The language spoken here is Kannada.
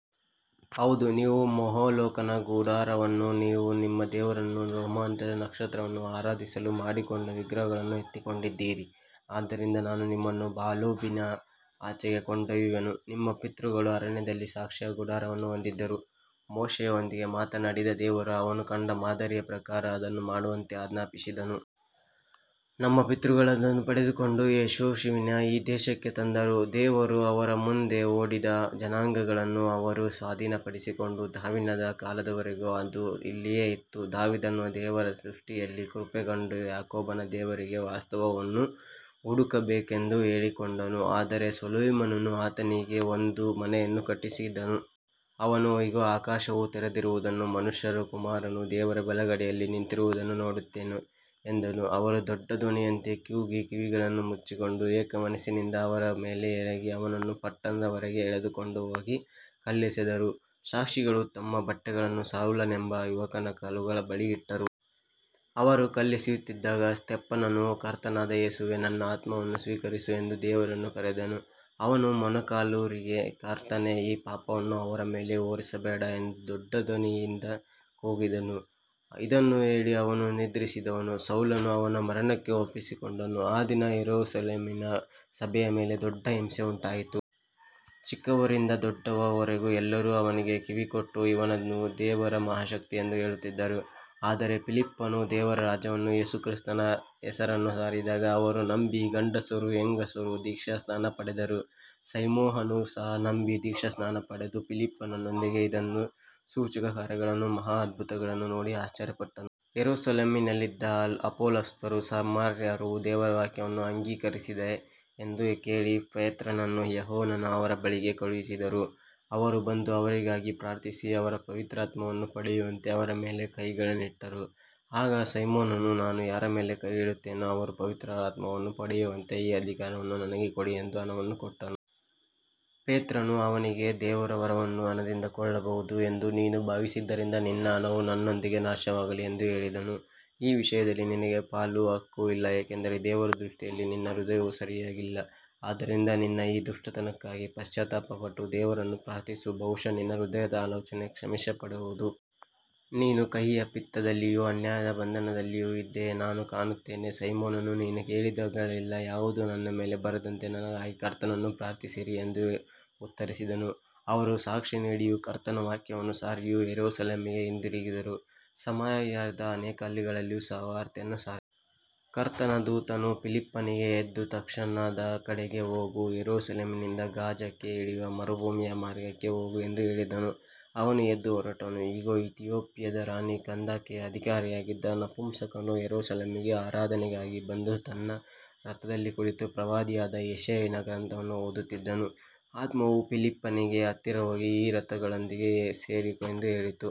ಹೌದು, ನೀವು ಮೊಲೋಕನ ಗುಡಾರವನ್ನೂ ನೀವು ನಿಮ್ಮ ದೇವರನ್ನು ರೆಮ್ಫಾನ ನಕ್ಷತ್ರವನ್ನೂ ಆರಾಧಿಸಲು ಮಾಡಿಕೊಂಡ ವಿಗ್ರಹಗಳನ್ನು ಎತ್ತಿಕೊಂಡಿದ್ದೀರಿ, ಆದ್ದರಿಂದ ನಾನು ನಿಮ್ಮನ್ನು ಬಾಬಿಲೋನಿನ ಆಚೆಗೆ ಕೊಂಡೊಯ್ಯುವೆನು. ನಮ್ಮ ಪಿತೃಗಳು ಅರಣ್ಯದಲ್ಲಿ ಸಾಕ್ಷಿಯ ಗುಡಾರವನ್ನು ಹೊಂದಿದ್ದರು. ಮೋಶೆಯೊಂದಿಗೆ ಮಾತನಾಡಿದ ದೇವರು, ಅವನು ಕಂಡ ಮಾದರಿಯ ಪ್ರಕಾರ ಅದನ್ನು ಮಾಡುವಂತೆ ಆಜ್ಞಾಪಿಸಿದ್ದನು. ನಮ್ಮ ಪಿತೃಗಳು ಅದನ್ನು ಪಡೆದುಕೊಂಡು ಯೆಹೋಶನ ಈ ದೇಶಕ್ಕೆ ತಂದರು. ದೇವರು ಅವರ ಮುಂದೆ ಓಡಿದ ಜನಾಂಗಗಳನ್ನು ಅವರು ಸ್ವಾಧೀನಪಡಿಸಿಕೊಂಡು. ದಾವೀದನ ಕಾಲದವರೆಗೆ ಅದು ಅಲ್ಲಿಯೇ ಇತ್ತು. ದಾವೀದನು ದೇವರ ದೃಷ್ಟಿಯಲ್ಲಿ ಕೃಪೆ ಕಂಡು ಯಾಕೋಬನ ದೇವರಿಗೆ ವಾಸಸ್ಥಾನವನ್ನು ಹುಡುಕಬೇಕೆಂದು ಕೇಳಿಕೊಂಡನು. ಆದರೆ ಸೊಲೊಮೋನನು ಆತನಿಗಾಗಿ ಒಂದು ಮನೆಯನ್ನು ಕಟ್ಟಿಸಿದನು. ಅವನು, ಇಗೋ, ಆಕಾಶವು ತೆರೆದಿರುವುದನ್ನೂ ಮನುಷ್ಯಕುಮಾರನು ದೇವರ ಬಲಗಡೆಯಲ್ಲಿ ನಿಂತಿರುವುದನ್ನೂ ನೋಡುತ್ತೇನೆ ಎಂದನು. ಅವರು ದೊಡ್ಡ ಧ್ವನಿಯಿಂದ ಕೂಗಿ ಕಿವಿಗಳನ್ನು ಮುಚ್ಚಿಕೊಂಡು ಏಕಮನಸ್ಸಿನಿಂದ ಅವನ ಮೇಲೆ ಎರಗಿ, ಅವನನ್ನು ಪಟ್ಟಣದ ಹೊರಗೆ ಎಳೆದುಕೊಂಡು ಹೋಗಿ ಕಲ್ಲೆಸೆದರು. ಸಾಕ್ಷಿಗಳು ತಮ್ಮ ಬಟ್ಟೆಗಳನ್ನು ಸೌಲನೆಂಬ ಯುವಕನ ಕಾಲುಗಳ ಬಳಿ ಇಟ್ಟರು. ಅವರು ಕಲ್ಲೆಸೆಯುತ್ತಿದ್ದಾಗ ಸ್ತೇಫನನು, ಕರ್ತನಾದ ಯೇಸುವೇ, ನನ್ನ ಆತ್ಮವನ್ನು ಸ್ವೀಕರಿಸು ಎಂದು ದೇವರನ್ನು ಕರೆದನು. ಅವನು ಮೊಣಕಾಲೂರಿ, ಕರ್ತನೇ, ಈ ಪಾಪವನ್ನು ಅವರ ಮೇಲೆ ಹೊರಿಸಬೇಡ ಎಂದು ದೊಡ್ಡ ಧ್ವನಿಯಿಂದ ಕೂಗಿದನು. ಇದನ್ನು ಹೇಳಿ ಅವನು ನಿದ್ರಿಸಿದನು. ಸೌಲನು ಅವನ ಮರಣಕ್ಕೆ ಒಪ್ಪಿಸಿ ಕೊಂಡನು. ಆ ದಿನ ಯೆರೂಸಲೇಮಿನ ಸಭೆಯ ಮೇಲೆ ದೊಡ್ಡ ಹಿಂಸೆ ಉಂಟಾಯಿತು. ಚಿಕ್ಕವರಿಂದ ದೊಡ್ಡವರವರೆಗೆ ಎಲ್ಲರೂ ಅವನಿಗೆ ಕಿವಿಗೊಟ್ಟು, ಇವನು ದೇವರ ಮಹಾಶಕ್ತಿ ಎಂದು ಹೇಳುತ್ತಿದ್ದರು. ಆದರೆ ಫಿಲಿಪ್ಪನು ದೇವರ ರಾಜ್ಯವನ್ನೂ ಯೇಸುಕ್ರಿಸ್ತನ ಹೆಸರನ್ನೂ ಸಾರಿದಾಗ ಅವರು ನಂಬಿ ಗಂಡಸರೂ ಹೆಂಗಸರೂ ದೀಕ್ಷಾಸ್ನಾನ ಪಡೆದರು. ಸೈಮೋನನು ಸಹ ನಂಬಿ ದೀಕ್ಷಾಸ್ನಾನ ಪಡೆದು ಫಿಲಿಪ್ಪನೊಂದಿಗೆ ಇದ್ದನು. ಸೂಚಕಕಾರ್ಯಗಳನ್ನೂ ಮಹಾ ಅದ್ಭುತಗಳನ್ನೂ ನೋಡಿ ಆಶ್ಚರ್ಯಪಟ್ಟನು. ಯೆರೂಸಲೇಮಿನಲ್ಲಿದ್ದ ಅಪೊಸ್ತಲರು ಸಮಾರ್ಯವು ದೇವರ ವಾಕ್ಯವನ್ನು ಅಂಗೀಕರಿಸಿದೆ ಎಂದು ಕೇಳಿ ಪೇತ್ರನನ್ನೂ ಯೋಹಾನನನ್ನೂ ಅವರ ಬಳಿಗೆ ಕಳುಹಿಸಿದರು. ಅವರು ಬಂದು ಅವರಿಗಾಗಿ ಪ್ರಾರ್ಥಿಸಿ, ಅವರು ಪವಿತ್ರಾತ್ಮವನ್ನು ಪಡೆಯುವಂತೆ ಅವರ ಮೇಲೆ ಕೈಗಳನ್ನಿಟ್ಟರು. ಆಗ ಸೈಮೋನನು, ನಾನು ಯಾರ ಮೇಲೆ ಕೈ ಇಡುತ್ತೇನೋ ಅವನು ಪವಿತ್ರಾತ್ಮವನ್ನು ಪಡೆಯುವಂತೆ ಈ ಅಧಿಕಾರವನ್ನು ನನಗೂ ಕೊಡಿ ಎಂದು ಹಣವನ್ನು ಕೊಟ್ಟನು. ಪೇತ್ರನು ಅವನಿಗೆ, ದೇವರ ವರವನ್ನು ಹಣದಿಂದ ಕೊಳ್ಳಬಹುದು ಎಂದು ನೀನು ಭಾವಿಸಿದ್ದರಿಂದ ನಿನ್ನ ಹಣವು ನನ್ನೊಂದಿಗೇ ನಾಶವಾಗಲಿ ಎಂದು ಹೇಳಿದನು. ಈ ವಿಷಯದಲ್ಲಿ ನಿನಗೆ ಪಾಲೂ ಹಕ್ಕೂ ಇಲ್ಲ, ಏಕೆಂದರೆ ದೇವರ ದೃಷ್ಟಿಯಲ್ಲಿ ನಿನ್ನ ಹೃದಯ ಸರಿಯಾಗಿಲ್ಲ. ಆದ್ದರಿಂದ ನಿನ್ನ ಈ ದುಷ್ಟತನಕ್ಕಾಗಿ ಪಶ್ಚಾತ್ತಾಪಪಟ್ಟು ದೇವರನ್ನು ಪ್ರಾರ್ಥಿಸು, ಬಹುಶಃ ನಿನ್ನ ಹೃದಯದ ಆಲೋಚನೆ ಕ್ಷಮಿಸಪಡಬಹುದು. ನೀನು ಕಹಿಯ ಪಿತ್ತದಲ್ಲಿಯೂ ಅನ್ಯಾಯದ ಬಂಧನದಲ್ಲಿಯೂ ಇದ್ದೀಯೆಂದು ನಾನು ಕಾಣುತ್ತೇನೆ. ಸೈಮೋನನು, ನೀವು ಹೇಳಿದವುಗಳಲ್ಲಿ ಯಾವುದೂ ನನ್ನ ಮೇಲೆ ಬರದಂತೆ ನನಗಾಗಿ ಕರ್ತನನ್ನು ಪ್ರಾರ್ಥಿಸಿರಿ ಎಂದು ಉತ್ತರಿಸಿದನು. ಅವರು ಸಾಕ್ಷಿ ನೀಡಿಯೂ ಕರ್ತನ ವಾಕ್ಯವನ್ನು ಸಾರಿಯೂ ಯೆರೂಸಲೇಮಿಗೆ ಹಿಂದಿರುಗಿದರು. ಸಮಾರ್ಯದ ಅನೇಕ ಹಳ್ಳಿಗಳಲ್ಲಿಯೂ ಸುವಾರ್ತೆಯನ್ನು ಸಾರಿದರು. ಕರ್ತನ ದೂತನು ಫಿಲಿಪ್ಪನಿಗೆ, ಎದ್ದು ದಕ್ಷಿಣದ ಕಡೆಗೆ ಹೋಗು, ಯೆರೂಸಲೇಮಿನಿಂದ ಗಾಜಾಕ್ಕೆ ಇಳಿಯುವ ಮರುಭೂಮಿಯ ಮಾರ್ಗಕ್ಕೆ ಹೋಗು ಎಂದು ಹೇಳಿದನು. ಅವನು ಎದ್ದು ಹೊರಟನು. ಇಗೋ, ಇಥಿಯೋಪ್ಯದ ರಾಣಿ ಕಂದಾಕೆಯ ಅಧಿಕಾರಿಯಾಗಿದ್ದ ನಪುಂಸಕನು ಯೆರೂಸಲೇಮಿಗೆ ಆರಾಧನೆಗಾಗಿ ಬಂದು ತನ್ನ ರಥದಲ್ಲಿ ಕುಳಿತು ಪ್ರವಾದಿಯಾದ ಯೆಶಾಯನ ಗ್ರಂಥವನ್ನು ಓದುತ್ತಿದ್ದನು. ಆತ್ಮವು ಫಿಲಿಪ್ಪನಿಗೆ, ಹತ್ತಿರ ಹೋಗಿ ಈ ರಥದೊಂದಿಗೆ ಸೇರಿಕೋ ಎಂದು ಹೇಳಿತು.